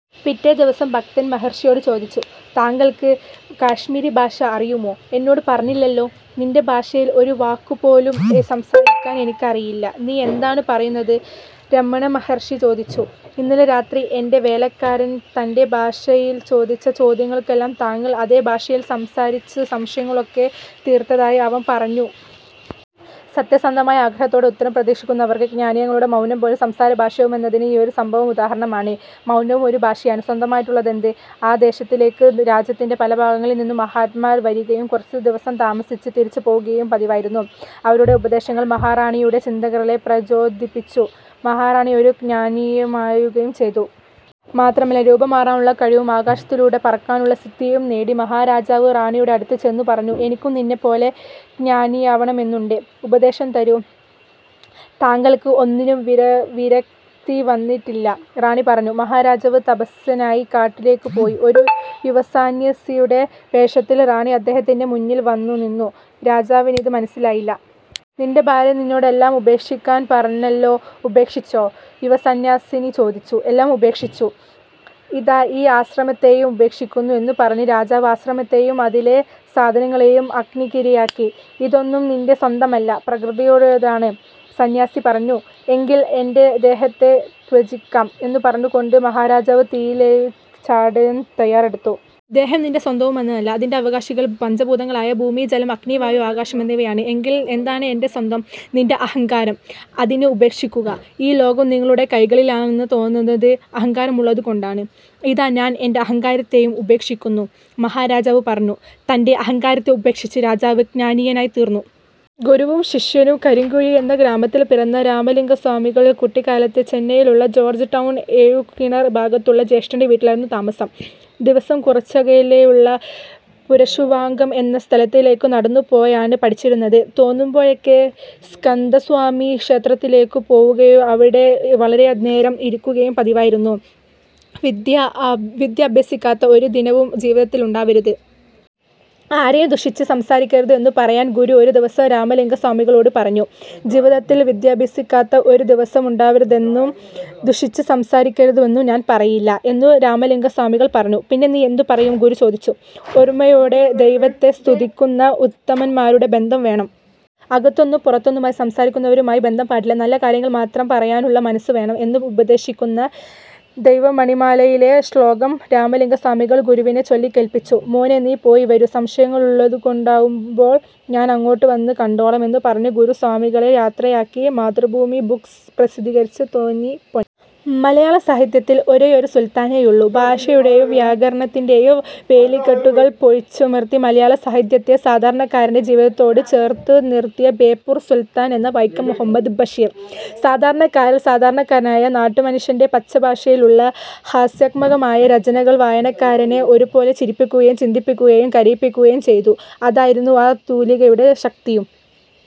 പിറ്റേദിവസം ഭക്തന് മഹർഷിയോട് ചോദിച്ചു:''താങ്കള്ക്ക് കശ്മീരിഭാഷ അറിയുമോ. എന്നോട് പറഞ്ഞില്ലല്ലോ. '' ''നിന്റെ ഭാഷയില് ഒരു വാക്കുപോലും സംസാരിക്കാന് എനിക്കറിയില്ല. നീ എന്താണ് പറയുന്നത്. '' രമണമഹര്ഷി ചോദിച്ചു. ''ഇന്നലെ രാത്രി എന്റെ വേലക്കാരന് തന്റെ ഭാഷയില് ചോദിച്ച ചോദ്യങ്ങളൾക്കെല്ലാം താങ്കള് അതേഭാഷയില് സംസാരിച്ച് സംശയങ്ങളൊക്കെ തീർത്തതായി അവന് പറഞ്ഞു. '' സത്യസന്ധമായ ആഗ്രഹത്തോടെ ഉത്തരം പ്രതീക്ഷിക്കുന്നവര്ക്ക് ജ്ഞാനികളുടെ മൗനംപോലും സംസാരഭാഷയാവുമെന്നതിന് ഈ സംഭവം ഒരു ഉദാഹരണമാണ്. മൗനവും ഒരു ഭാഷയാണ്. സ്വന്തമായിട്ടുള്ളതെന്ത്. ആ ദേശത്തിലേക്ക് രാജ്യത്തിന്റെ പല ഭാഗങ്ങളിൽനിന്നും മഹാന്മാർ വരികയും കുറച്ചുദിവസം താമസിച്ച് തിരിച്ചുപോവുകയും പതിവായിരുന്നു. അവരുടെ ഉപദേശങ്ങള് മഹാറാണിയുടെ ചിന്തകളിലെ പ്രചോദിപ്പിച്ചു. മഹാറാണി ഒരു ജ്ഞാനിയാവുകയും ചെയ്തു. മാത്രമല്ല, രൂപം മാറാനുള്ള കഴിവും ആകാശത്തിലൂടെ പറക്കാനുള്ള സിദ്ധിയും നേടി. മഹാരാജാവ് റാണിയുടെ അടുത്തുചെന്ന് പറഞ്ഞു:''എനിക്കും നിന്നെപ്പോലെ ജ്ഞാനിയാവണമെന്നുണ്ട്. ഉപദേശം തരൂ. '' ''താങ്കള്ക്ക് ഒന്നിലും വിരക്തിവന്നിട്ടില്ല,'' റാണി പറഞ്ഞു. മഹാരാജാവ് തപസ്സിനായി കാട്ടിലേക്കുപോയി. ഒരു യുവസന്ന്യാസിനിയുടെ വേഷത്തില് റാണി അദ്ദേഹത്തിന്റെ മുമ്പില് വന്നുനിന്നു. രാജാവിനിത് മനസ്സിലായില്ല. ''നിന്റെ ഭാര്യ നിന്നോട് എല്ലാം ഉപേക്ഷിക്കാന് പറഞ്ഞല്ലോ, ഉപേക്ഷിച്ചോ. '' യുവസന്ന്യാസിനി ചോദിച്ചു. 'എല്ലാം ഉപേക്ഷിച്ചു. ഇതാ ഈ ആശ്രമത്തെയും ഉപേക്ഷിക്കുന്നു' എന്നുപറഞ്ഞ് രാജാവ് ആശ്രമത്തെയും അതിലെ സാധനങ്ങളെയും അഗ്നിക്കിരയാക്കി. ''ഇതൊന്നും നിന്റെ സ്വന്തമല്ല. പ്രകൃതിയുടേതാണ്,'' സന്ന്യാസിനി പറഞ്ഞു. 'എങ്കില് എന്റെ ദേഹത്തെ ത്യജിക്കാം' എന്നുപറഞ്ഞുകൊണ്ട് മഹാരാജാവ് തീയില് ചാടാന് തയ്യാറെടുത്തു. ''ദേഹം നിന്റെ സ്വന്തമൊന്നുമല്ല. അതിന്റെ അവകാശികള് പഞ്ചഭൂതങ്ങളായ ഭൂമി, ജലം, അഗ്നി, വായു, ആകാശം എന്നിവയാണ്. '' ''എങ്കില് എന്താണ് എന്റെ സ്വന്തം. '' ''നിന്റെ അഹങ്കാരം. അതിനെ ഉപേക്ഷിക്കുക. ഈ ലോകം നിങ്ങളുടെ കൈകളിലാണെന്ന് തോന്നുന്നത് അഹങ്കാരമുള്ളതുകൊണ്ടാണ്. '' ''ഇതാ, ഞാന് എന്റെ അഹങ്കാരത്തെയും ഉപേക്ഷിക്കുന്നു,'' മഹാരാജാവ് പറഞ്ഞു. തന്റെ അഹങ്കാരത്തെ ഉപേക്ഷിച്ച് രാജാവ് ജ്ഞാനിയായിത്തീര്ന്നു. ഗുരുവും ശിഷ്യനും കരിങ്കുഴി എന്ന ഗ്രാമത്തില് പിറന്ന രാമലിംഗസ്വാമികള് കുട്ടിക്കാലത്ത് ചെന്നൈയിലുള്ള ജോര്ജ് ടൗണ് ഏഴുകിണര് ഭാഗത്തുള്ള ജ്യേഷ്ഠന്റെ വീട്ടിലായിരുന്നു താമസം. ദിവസവും കുറച്ചകലെയുള്ള പുരശുവാക്കം എന്ന സ്ഥലത്തേക്ക് നടന്നുപോയാണ് പഠിച്ചിരുന്നത്. തോന്നുമ്പോഴൊക്കെ സ്കന്ദസ്വാമി ക്ഷേത്രത്തിലേക്കുപോവുകയും അവിടെ വളരെനേരം ഇരിക്കുകയും പതിവായിരുന്നു. 'വിദ്യ അഭ്യസിക്കാത്ത ഒരു ദിനവും ജീവിതത്തില് ഉണ്ടാവരുത്. ആരെയും ദുഷിച്ച് സംസാരിക്കരുത്' എന്നുപറയാന് ഗുരു ഒരു ദിവസം രാമലിംഗസ്വാമികളോട് പറഞ്ഞു. 'ജീവിതത്തില് വിദ്യയഭ്യസിക്കാത്ത ഒരു ദിവസവും ഉണ്ടാവരുതെന്നും ദുഷിച്ച് സംസാരിക്കരുതെന്നും ഞാന് പറയില്ല' എന്നു രാമലിംഗസ്വാമികള് പറഞ്ഞു. ''പിന്നെ നീ എന്തുപറയും. '' ഗുരു ചോദിച്ചു. ''ഒരുമയോടെ ദൈവത്തെ സ്തുതിക്കുന്ന ഉത്തമന്മാരുടെ ബന്ധം വേണം. അകത്തൊന്നും പുറത്തൊന്നുമായി സംസാരിക്കുന്നവരുമായി ബന്ധം പാടില്ല. നല്ല കാര്യങ്ങള്മാത്രം പറയാനുള്ള മനസ്സുവേണം'' എന്ന് ഉപദേശിക്കുന്ന ദൈവമണിമാലയിലെ ശ്ലോകം രാമലിംഗസ്വാമികള് ഗുരുവിനെ ചൊല്ലിക്കേള്പ്പിച്ചു. 'മോനേ നീ പോയി വരൂ. സംശയങ്ങളുണ്ടാവുമ്പോള് ഞാന് അങ്ങോട്ടുവന്ന് കണ്ടോളാം' എന്നുപറഞ്ഞ് ഗുരു സ്വാമികളെ യാത്രയാക്കി. മാതൃഭൂമി ബുക്സ് പ്രസിദ്ധീകരിച്ച തേനി പൊന്. മലയാള സാഹിത്യത്തില് ഒരേയൊരു സുല്ത്താനേയുള്ളൂ. ഭാഷയുടെയും വ്യാകരണത്തിന്റെയും വേലിക്കെട്ടുകള് പൊളിച്ചെഴുതി, മലയാള സാഹിത്യത്തെ സാധാരണക്കാരന്റെ ജീവിതത്തോട് ചേര്ത്തു നിര്ത്തിയ ബേപ്പൂര് സുല്ത്താന് എന്ന വൈക്കം മുഹമ്മദ് ബഷീര്. സാധാരണക്കാരില് സാധാരണക്കാരനായ നാട്ടുമനുഷ്യന്റെ പച്ചഭാഷയിലുള്ള ഹാസ്യാത്മകമായ രചനകള് വായനക്കാരനെ ഒരുപോലെ ചിരിപ്പിക്കുകയും, ചിന്തിപ്പിക്കുകയും, കരയിപ്പിക്കുകയും ചെയ്തു. അതായിരുന്നു ആ തൂലികയുടെ ശക്തിയും.